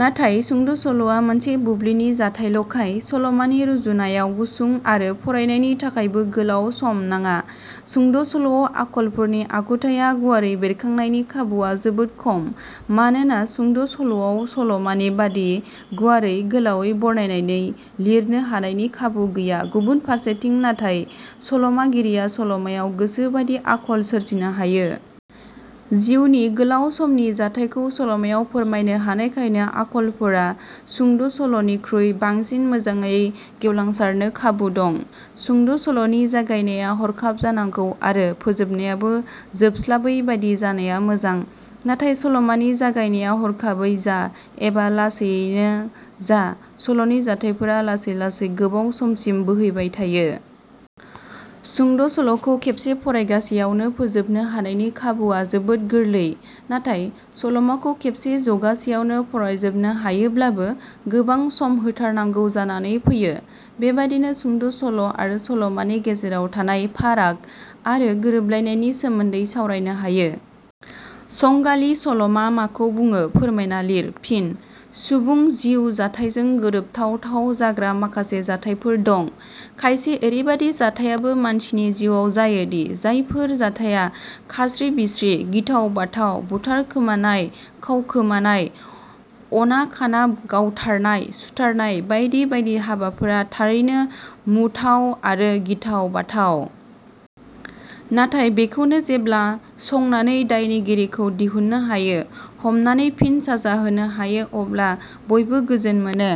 नाथाय सुंद' सल'आ मोनसे बुब्लिनि जाथाइल 'खाय सलमानि रुजुनायाव गुसुं आरो फरायनायनि थाखायबो गोलाव सम नाङा। सुंद' सल'आव आखलफोरनि आखुथाइया गुवारै बेरखांनायनि खाबुवा जोबोद खम, मानोना सुंद' सल'आव सल'मानि बादि गुवारै, गोलावै बरनायनानै लिरनो हानायनि खाबु गैया, गुबुन फारसेथिं नाथाय 'सल' मागिरिया सल 'मायाव गोसोबादि आखल सोरजिनो हायो। जिउनि गोलाउ समनि जाथायखौ सल 'मायाव फोरमायनो हानायखायनो आखलफोरा सुंद' सल 'निख्रुइ बांसिन मोजाङै गेवलांसारनो खाबु दं। सुंद' सल 'नि जागायनाया हरखाब जानांगौ आरो फोजोबनायाबो जोबस्लाबै बादि जानाया मोजां, नाथाय सलमानि जागायनाया हरखाबैनो जा एबा लासैयैनो जा सल'नि जाथायफोरा लासै लासै गोबाव समसिम बोहैबाय थायो। सुंद 'सल 'खौ खेबसे फरायगासेयावनो फोजोबनो हानायनि खाबुवा जोबोद गोरलै नाथाय सल 'माखौ खेबसे जगासेयावनो फरायजोबनो हायोब्लाबो गोबां सम होथारनांगौ जानानै फैयो। बेबादिनो सुंद' सल' आरो सलमानि गेजेराव थानाय फाराग आरो गोरोबलायनायनि सोमोन्दै सावरायनो हायो। संगालि सल 'मा माखौ बुङो फोरमायना लिर। फिन: सुबुंनि जिउ जाथाइजों गोरोबथावथाब जाग्रा माखासे जाथाइफोर दं। खायसे एरैबादि जाथाइयाबो मानसिनि जिउवाव जायोदि जायफोर जाथाइया खासि – बिसि गिथाव-बाथाव, बुथारखोमानाय, खावखोमानाय, अना-खाना गावथारनाय सुथारनाय बायदि बायदि हाबाफोरा थारैनो मुथाव आरो गिथाव-बाथाव। नाथाय बेखौनो जेब्ला संनानै दायनिगिरिखौ दिहुननो हायो, हमनानै फिन साजा होनो हायो अब्ला बयबो गोजोन मोनो।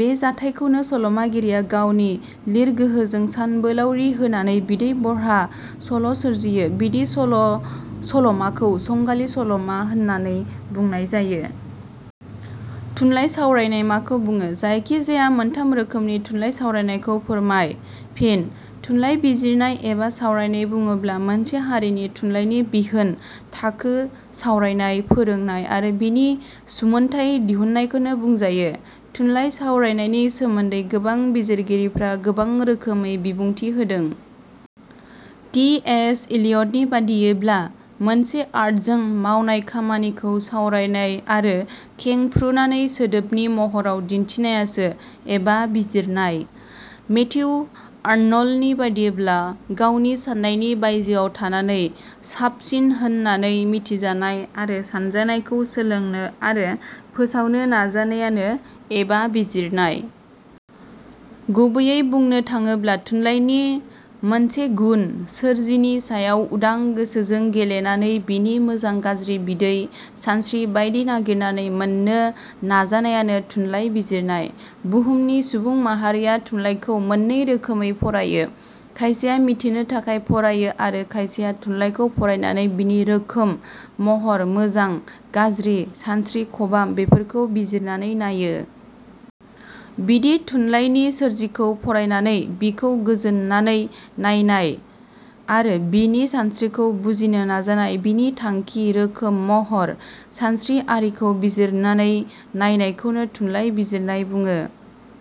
बे जाथायखौनो सल'मागिरिया गावनि लिरगोहोजों सानबोलाउरि होनानै बिदै बहरा सल' सोरजियो, बिदि सल 'माखौ संगालि सल'मा होननानै बुंनाय जायो। थुनलाइ सावरायनाय माखौ बुङो? जायखि-जाया मोनथाम रोखोमनि थुनलाइ सावरायनायखौ फोरमाय। फिन: थुनलाइ बिजिरनाय एबा सावरायनाय बुङोब्ला मोनसे हारिनि थुनलाइनि बिहोन, थाखो, सावरायनाय, फोरोंनाय आरो बिनि सुमोनथाइ दिहुननायखौनो बुजायो। थुनलाइ सावरायनायनि सोमोन्दै गोबां बिजिरगिरिफोरा गोबां रोखोमै बिबुंथि होदों। टि. एस. इलियटनि बादियैब्ला मोनसे आर्टजों मावनाय खामानिखौ सावरायनाय आरो खेंफुनानै सोदोबनि महराव दिन्थिनायानो '' एबा बिजिरनाय। मेथिउ आरनल्डनि बादियैब्ला "गावनि साननायनि बायजोआव थानानै सावसिन होननाने मिथिजानाय आरो सानजानायखौ सोलोंनो आरो फोसावनो नाजानायानो एबा बिजिरनाय"। गुबैयै बुंनो थाडोब्ला थुनलाइन मोनसे गुन, सोरजिनि सायाव उदां गोसोजों गेलेनानै बिनि मोजां-गाज्रि बिदै सानस्रि बायदि नागिरनानै मोननो नीजानायानो थुनलाइ बिजिरनाय। बुहुमनि सुबुं माहारिया थुनलाइखौ मोननै रोखोमै फरायो। खायसेया मिथिनो थाखाय फरायो आरो खायसेया थुनलाइखौ फरायनानै बिनि रोखोंम, महर, मोजां गाज्रि सानस्रि, खबाम बेफोरखौ बिजिरनानै नायो। बिदि थुनलाइन सोरजिखौ फरायनानै बिखौ गोजोननानै नायनाय आरो बिनि सानस्रिखौ बुजिनो नाजानाय, बिनि थांखि, रोखोम, महर, सानस्रि आरिखौ बिजिरनाने नायनायखौनो थुनलाइ बिजिरनाय बुङो।